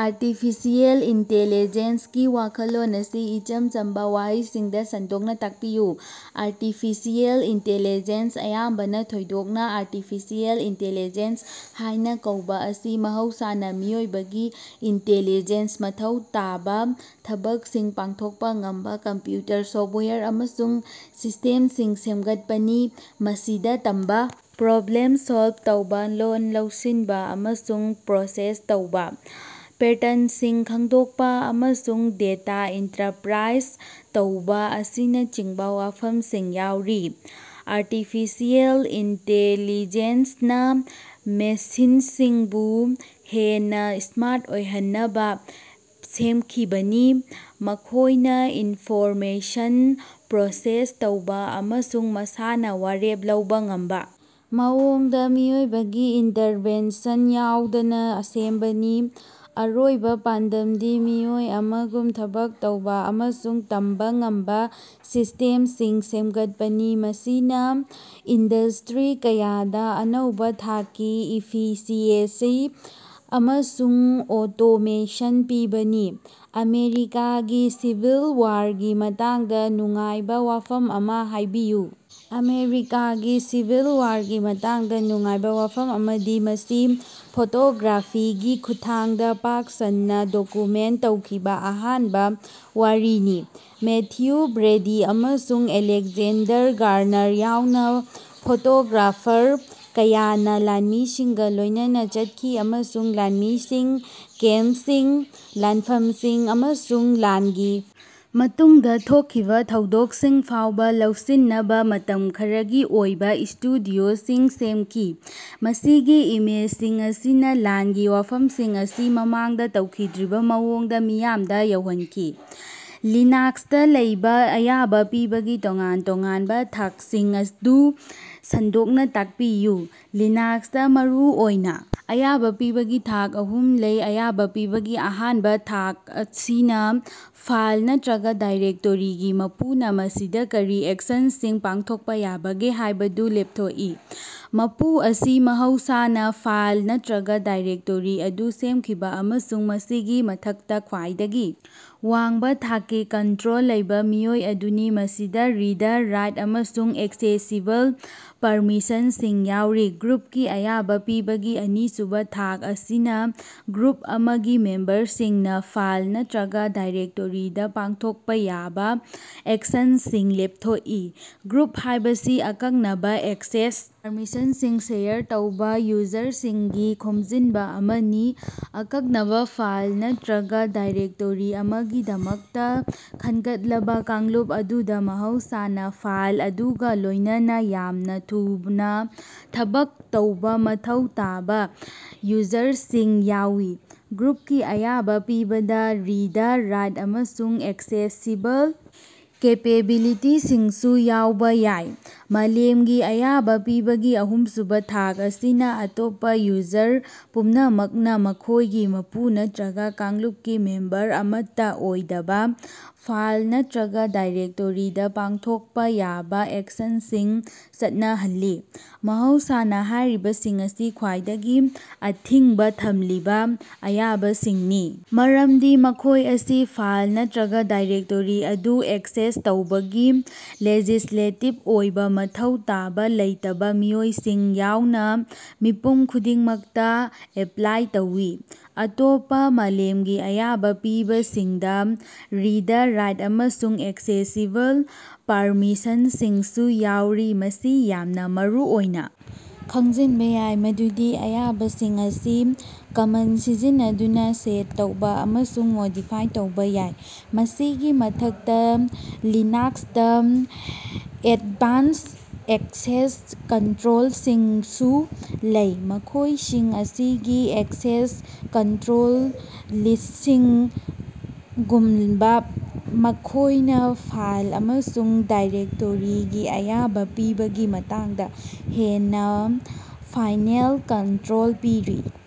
Artificial ꯏꯟꯇꯦꯂꯤꯖꯦꯟꯁꯀꯤ ꯋꯥꯈꯜꯂꯣꯟ ꯑꯁꯤ ꯏꯆꯝ ꯆꯝꯕꯥ ꯋꯥꯍꯩꯁꯤꯡꯗꯥ ꯁꯟꯗꯣꯛꯅꯥ ꯇꯥꯛꯄꯤꯌꯨ꯫ ꯑꯥꯔꯇꯤꯐꯤꯁꯤꯑꯦꯜ ꯏꯟꯇꯦꯂꯤꯖꯦꯟꯁ, ꯑꯌꯥꯝꯕꯅꯥ ꯊꯣꯏꯗꯣꯛꯅꯥ ꯑꯥꯔꯇꯤꯐꯤꯁꯤꯑꯦꯜ ꯏꯟꯇꯦꯂꯤꯖꯦꯟꯁ ꯍꯥꯏꯅꯥ ꯀꯧꯕꯥ ꯑꯁꯤ ꯃꯍꯧꯁꯥꯅꯥ ꯃꯤꯑꯣꯏꯕꯒꯤ ꯏꯟꯇꯦꯂꯤꯖꯦꯟꯁ ꯃꯊꯧ ꯇꯥꯕꯥ ꯊꯕꯛꯁꯤꯡ ꯄꯥꯡꯊꯣꯛꯄꯥ ꯉꯝꯕꯥ ꯀꯝꯄ꯭ꯌꯨꯇꯔ ꯁꯣꯞꯋꯦꯌꯔ ꯑꯃꯁꯨꯡ ꯁꯤꯁꯇꯦꯝꯁꯤꯡ ꯁꯦꯝꯒꯠꯄꯅꯤ꯫ ꯃꯁꯤꯗꯥ ꯇꯝꯕꯥ, ꯄ꯭ꯔꯣꯕ꯭ꯂꯦꯝ ꯁꯣꯜꯕ ꯇꯧꯕꯥ, ꯂꯣꯜ ꯂꯧꯁꯤꯟꯕꯥ ꯑꯃꯁꯨꯡ ꯄ꯭ꯔꯣꯁꯦꯁ ꯇꯧꯕꯥ, ꯄꯦꯇ꯭ꯔꯟꯁꯤꯡ ꯈꯪꯗꯣꯛꯄꯥ, ꯑꯃꯁꯨꯡ ꯗꯦꯇꯥ ꯏꯟꯇꯔꯄ꯭ꯔꯥꯏꯖ ꯇꯧꯕꯥ ꯑꯁꯤꯅꯆꯤꯡꯕꯥ ꯋꯥꯐꯝꯁꯤꯡ ꯌꯥꯎꯔꯤ꯫ ꯑꯥꯔꯇꯤꯐꯤꯁꯤꯑꯦꯜ ꯏꯟꯇꯦꯂꯤꯖꯦꯟꯁꯅꯥ ꯃꯦꯁꯤꯟꯁꯤꯡꯕꯨ ꯍꯦꯟꯅꯥ ꯁ꯭ꯃꯥꯔꯠ ꯑꯣꯏꯍꯟꯅꯕꯥ ꯁꯦꯝꯈꯤꯕꯅꯤ, ꯃꯈꯣꯏꯅꯥ ꯏꯟꯐꯣꯔꯃꯦꯁꯟ ꯄ꯭ꯔꯣꯁꯦꯁ ꯇꯧꯕꯥ ꯑꯃꯁꯨꯡ ꯃꯁꯥꯅꯥ ꯋꯥꯔꯦꯞ ꯂꯧꯕꯥ ꯉꯝꯕꯥ ꯃꯑꯣꯡꯗꯥ, ꯃꯤꯑꯣꯏꯕꯒꯤ ꯏꯟꯇꯔꯚꯦꯟꯁꯟ ꯌꯥꯎꯗꯅꯥ ꯁꯦꯝꯕꯅꯤ꯫ ꯑꯔꯣꯏꯕꯥ ꯄꯥꯟꯗꯝꯗꯤ ꯃꯤꯑꯣꯏ ꯑꯃꯒꯨꯝ ꯊꯕꯛ ꯇꯧꯕꯥ ꯑꯃꯁꯨꯡ ꯇꯝꯕꯥ ꯉꯝꯕꯥ ꯁꯤꯁꯇꯦꯝꯁꯤꯡ ꯁꯦꯝꯒꯠꯄꯅꯤ, ꯃꯁꯤꯅꯥ ꯏꯟꯗꯁꯇ꯭ꯔꯤ ꯀꯌꯥꯗꯥ ꯑꯅꯧꯕꯥ ꯊꯥꯛꯀꯤ ꯏꯐꯤꯁꯤꯑꯦꯁꯤ ꯑꯃꯁꯨꯡ ꯑꯣꯇꯣꯃꯦꯁꯟ ꯄꯤꯕꯅꯤ꯫ ꯑꯃꯦꯔꯤꯀꯥꯒꯤ ꯁꯤꯚꯤꯜ ꯋꯥꯔꯒꯤ ꯃꯇꯥꯡꯗꯥ ꯅꯨꯡꯉꯥꯏꯕꯥ ꯋꯥꯐꯝ ꯑꯃꯥ ꯍꯥꯏꯕꯤꯌꯨ꯫ ꯑꯃꯦꯔꯤꯀꯥꯒꯤ ꯁꯤꯚꯤꯜ ꯋꯥꯔꯒꯤ ꯃꯇꯥꯡꯗꯥ ꯅꯨꯡꯉꯥꯏꯕꯥ ꯋꯥꯐꯝ ꯑꯃꯗꯤ ꯃꯁꯤ ꯐꯣꯇꯣꯒ꯭ꯔꯥꯐꯤꯒꯤ ꯈꯨꯠꯊꯥꯡꯗꯥ ꯄꯥꯛ ꯁꯟꯅꯥ ꯗꯣꯀꯨꯃꯦꯟ ꯇꯧꯈꯤꯕꯥ ꯑꯍꯥꯟꯕꯥ ꯋꯥꯔꯤꯅꯤ꯫ ꯃꯦꯊ꯭ꯌꯨ ꯕ꯭ꯔꯦꯗꯤ ꯑꯃꯁꯨꯡ ꯑꯂꯦꯛꯖꯦꯟꯗꯔ ꯒꯥꯔꯅꯔ ꯌꯥꯎꯅꯥ ꯐꯣꯇꯣꯒ꯭ꯔꯥꯐꯔ ꯀꯌꯥꯅꯥ ꯂꯥꯟꯃꯤꯁꯤꯡꯒꯥ ꯂꯣꯏꯅꯅꯥ ꯆꯠꯈꯤ ꯑꯃꯁꯨꯡ ꯂꯥꯟꯃꯤꯁꯤꯡ, ꯀꯦꯝꯄꯁꯤꯡ, ꯂꯥꯟꯐꯝꯁꯤꯡ ꯑꯃꯁꯨꯡ ꯂꯥꯟꯒꯤ ꯃꯇꯨꯡꯗꯥ ꯊꯣꯛꯈꯤꯕꯥ ꯊꯧꯗꯣꯛꯁꯤꯡ ꯐꯥꯎꯕꯥ ꯂꯧꯁꯤꯟꯅꯕꯥ ꯃꯇꯝ ꯈꯔꯒꯤ ꯑꯣꯏꯕꯥ ꯁ꯭ꯇꯨꯗꯤꯑꯣꯁꯤꯡ ꯁꯦꯝꯈꯤ꯫ ꯃꯁꯤꯒꯤ ꯏꯃꯦꯖꯁꯤꯡ ꯑꯁꯤꯅꯥ ꯂꯥꯟꯒꯤ ꯋꯥꯐꯝꯁꯤꯡ ꯑꯁꯤ ꯃꯃꯥꯡꯗꯥ ꯇꯧꯈꯤꯗ꯭ꯔꯤꯕꯥ ꯃꯑꯣꯡꯗꯥ ꯃꯤꯌꯥꯝꯗꯥ ꯌꯧꯍꯟꯈꯤ꯫ ꯂꯤꯅꯥꯛꯁꯇꯥ ꯂꯩꯕꯥ ꯑꯌꯥꯕꯥ ꯄꯤꯕꯒꯤ ꯇꯣꯉꯥꯟ-ꯇꯣꯉꯥꯟꯕꯥ ꯊꯥꯛꯁꯤꯡ ꯑꯗꯨ ꯁꯟꯗꯣꯛꯅꯥ ꯇꯥꯛꯄꯤꯌꯨ꯫ ꯂꯤꯅꯥꯛꯁꯇꯥ, ꯃꯔꯨ ꯑꯣꯏꯅꯥ ꯑꯌꯥꯕꯥ ꯄꯤꯕꯒꯤ ꯊꯥꯛ ꯑꯍꯨꯝ ꯂꯩ: ꯑꯌꯥꯕ ꯄꯤꯕꯒꯤ ꯑꯍꯥꯟꯕꯥ ꯊꯥꯛ ꯑꯁꯤꯅꯥ ꯐꯥꯏꯜ ꯅꯠꯇ꯭ꯔꯒꯥ ꯗꯥꯏꯔꯦꯛꯇꯣꯔꯤꯒꯤ ꯃꯄꯨꯅꯥ ꯃꯁꯤꯗꯥ ꯀꯔꯤ ꯑꯦꯛꯁꯟꯁꯤꯡ ꯄꯥꯡꯊꯣꯛꯄꯥ ꯌꯥꯕꯒꯦ ꯍꯥꯏꯕꯗꯨ ꯂꯦꯞꯊꯣꯛꯏ꯫ ꯃꯄꯨ ꯑꯁꯤ ꯃꯍꯧꯁꯥꯅ ꯐꯥꯏꯜ ꯅꯠꯇ꯭ꯔꯒꯥ ꯗꯥꯏꯔꯦꯛꯇꯣꯔꯤ ꯑꯗꯨ ꯁꯦꯝꯈꯤꯕꯥ ꯑꯃꯁꯨꯡ ꯃꯁꯤꯒꯤ ꯃꯊꯛꯇꯥ ꯈ꯭ꯋꯥꯏꯗꯒꯤ ꯋꯥꯡꯕꯥ ꯊꯥꯛꯀꯤ ꯀꯟꯇ꯭ꯔꯣꯜ ꯂꯩꯕꯥ ꯃꯤꯑꯣꯏ ꯑꯗꯨꯅꯤ, ꯃꯁꯤꯗꯥ ꯔꯤꯗ, ꯔꯥꯏꯠ ꯑꯃꯁꯨꯡ ꯑꯦꯛꯁꯦꯁꯤꯕꯜ ꯄꯔꯃꯤꯁꯟꯁꯤꯡ ꯌꯥꯎꯔꯤ꯫ ꯒ꯭ꯔꯨꯞꯀꯤ ꯑꯌꯥꯕꯥ ꯄꯤꯕꯒꯤ ꯑꯅꯤꯁꯨꯕꯥ ꯊꯥꯛ ꯑꯁꯤꯅꯥ ꯒ꯭ꯔꯨꯞ ꯑꯃꯒꯤ ꯃꯦꯝꯕꯔꯁꯤꯡꯅꯥ ꯐꯥꯏꯜ ꯅꯠꯇ꯭ꯔꯒꯥ ꯗꯥꯏꯔꯦꯛꯇꯣꯔꯤꯗꯥ ꯄꯥꯡꯊꯣꯛꯄꯥ ꯌꯥꯕꯥ ꯑꯦꯛꯁꯟꯁꯤꯡ ꯂꯦꯞꯊꯣꯛꯏ꯫ ꯒ꯭ꯔꯨꯞ ꯍꯥꯏꯕꯁꯤ ꯑꯀꯛꯅꯕꯥ ꯑꯦꯛꯁꯦꯁ ꯄꯔꯃꯤꯁꯟꯁꯤꯡ ꯁꯦꯌꯔ ꯇꯧꯕꯥ ꯌꯨꯖꯔꯁꯤꯡꯒꯤ ꯈꯣꯝꯖꯤꯟꯕꯥ ꯑꯃꯅꯤ꯫ ꯑꯀꯛꯅꯕꯥ ꯐꯥꯏꯜ ꯅꯠꯇ꯭ꯔꯒꯥ ꯗꯥꯏꯔꯦꯛꯇꯣꯔꯤ ꯑꯃꯒꯤꯗꯃꯛꯇꯥ ꯈꯟꯒꯠꯂꯕꯥ ꯀꯥꯡꯂꯨꯞ ꯑꯗꯨꯗꯥ ꯃꯍꯧꯁꯥꯅꯥ ꯐꯥꯏꯜ ꯑꯗꯨꯒꯥ ꯂꯣꯏꯅꯅꯥ ꯌꯥꯝꯅꯥ ꯊꯨꯅꯥ ꯊꯕꯛ ꯇꯧꯕꯥ ꯃꯊꯧ ꯇꯥꯕꯥ ꯌꯨꯖꯔꯁꯤꯡ ꯌꯥꯎꯏ꯫ ꯒ꯭ꯔꯨꯞꯀꯤ ꯑꯌꯥꯕꯥ ꯄꯤꯕꯗꯥ ꯔꯤꯗ, ꯔꯥꯏꯠ ꯑꯃꯁꯨꯡ ꯑꯦꯛꯁꯦꯁꯤꯕꯜ ꯀꯦꯄꯦꯕꯤꯂꯤꯇꯤꯁꯤꯡꯁꯨ ꯌꯥꯎꯕꯥ ꯌꯥꯏ꯫ ꯃꯥꯂꯦꯝꯒꯤ ꯑꯌꯥꯕꯥ ꯄꯤꯕꯒꯤ ꯑꯍꯨꯝꯁꯨꯕꯥ ꯊꯥꯛ ꯑꯁꯤꯅꯥ ꯑꯇꯣꯞꯄꯥ ꯌꯨꯖꯔ ꯄꯨꯝꯅꯃꯛꯅꯥ, ꯃꯈꯣꯏꯒꯤ ꯃꯄꯨ ꯅꯠꯇ꯭ꯔꯒꯥ ꯀꯥꯡꯂꯨꯞꯀꯤ ꯃꯦꯝꯕꯔ ꯑꯃꯠꯇꯥ ꯑꯣꯏꯗꯕꯥ, ꯐꯥꯏꯜ ꯅꯠꯇ꯭ꯔꯒꯥ ꯗꯥꯏꯔꯦꯛꯇꯣꯔꯤꯗꯥ ꯄꯥꯡꯊꯣꯛꯄꯥ ꯌꯥꯕꯥ ꯑꯦꯛꯁꯟꯁꯤꯡ ꯆꯠꯅꯍꯜꯂꯤ꯫ ꯃꯍꯧꯁꯥꯅꯥ ꯍꯥꯏꯔꯤꯕꯁꯤꯡ ꯑꯁꯤ ꯈ꯭ꯋꯥꯏꯗꯒꯤ ꯑꯊꯤꯡꯕꯥ ꯊꯝꯂꯤꯕꯥ ꯑꯌꯥꯕꯁꯤꯡꯅꯤ, ꯃꯔꯝꯗꯤ ꯃꯈꯣꯏ ꯑꯁꯤ ꯐꯥꯏꯜ ꯅꯠꯇ꯭ꯔꯒꯥ ꯗꯥꯏꯔꯦꯛꯇꯣꯔꯤ ꯑꯗꯨ ꯑꯦꯛꯁꯦꯁ ꯇꯧꯕꯒꯤ ꯂꯦꯖꯤꯁꯂꯦꯇꯤꯞ ꯑꯣꯏꯕꯥ ꯃꯊꯧ ꯇꯥꯕꯥ ꯂꯩꯇꯕꯥ ꯃꯤꯑꯣꯏꯁꯤꯡ ꯌꯥꯎꯅꯥ ꯃꯤꯄꯨꯝ ꯈꯨꯗꯤꯡꯃꯛꯇꯥ ꯑꯦꯄ꯭ꯂꯥꯏ ꯇꯧꯏ꯫ ꯑꯇꯣꯞꯄꯥ ꯃꯥꯂꯦꯝꯒꯤ ꯑꯌꯥꯕꯥ ꯄꯤꯕꯁꯤꯡꯗꯥ ꯔꯤꯗ, ꯔꯥꯏꯠ ꯑꯃꯁꯨꯡ ꯑꯦꯛꯁꯦꯁꯤꯕꯜ ꯄꯔꯃꯤꯁꯟꯁꯤꯡꯁꯨ ꯌꯥꯎꯔꯤ꯫ ꯃꯁꯤ ꯌꯥꯝꯅꯥ ꯃꯔꯨꯑꯣꯏꯅꯥ ꯈꯪꯖꯤꯟꯕꯥ ꯌꯥꯏ ꯃꯗꯨꯗꯤ ꯑꯌꯥꯕꯁꯤꯡ ꯑꯁꯤ ꯀꯃꯥꯟ ꯁꯤꯖꯤꯟꯅꯗꯨꯅꯥ ꯁꯦꯠ ꯇꯧꯕꯥ ꯑꯃꯁꯨꯡ ꯃꯣꯗꯤꯐꯥꯏ ꯇꯧꯕꯥ ꯌꯥꯏ꯫ ꯃꯁꯤꯒꯤ ꯃꯊꯛꯇꯥ, ꯂꯤꯅꯥꯛꯁꯇꯥ ꯑꯦꯠꯚꯥꯟꯁ ꯑꯦꯛꯁꯦꯁ ꯀꯟꯇ꯭ꯔꯣꯜꯁꯤꯡꯁꯨ ꯂꯩ, ꯃꯈꯣꯏꯁꯤꯡ ꯑꯁꯤꯒꯤ ꯑꯦꯛꯁꯦꯁ ꯀꯟꯇ꯭ꯔꯣꯜ ꯂꯤꯁꯁꯤꯡ ꯒꯨꯝꯕꯥ, ꯃꯈꯣꯏꯅꯥ ꯐꯥꯏꯜ ꯑꯃꯁꯨꯡ ꯗꯥꯏꯔꯦꯛꯇꯣꯔꯤꯒꯤ ꯑꯌꯥꯕꯥ ꯄꯤꯕꯒꯤ ꯃꯇꯥꯡꯗꯥ ꯍꯦꯟꯅꯥ ꯐꯥꯏꯅꯦꯜ ꯀꯟꯇ꯭ꯔꯣꯜ ꯄꯤꯔꯤ꯫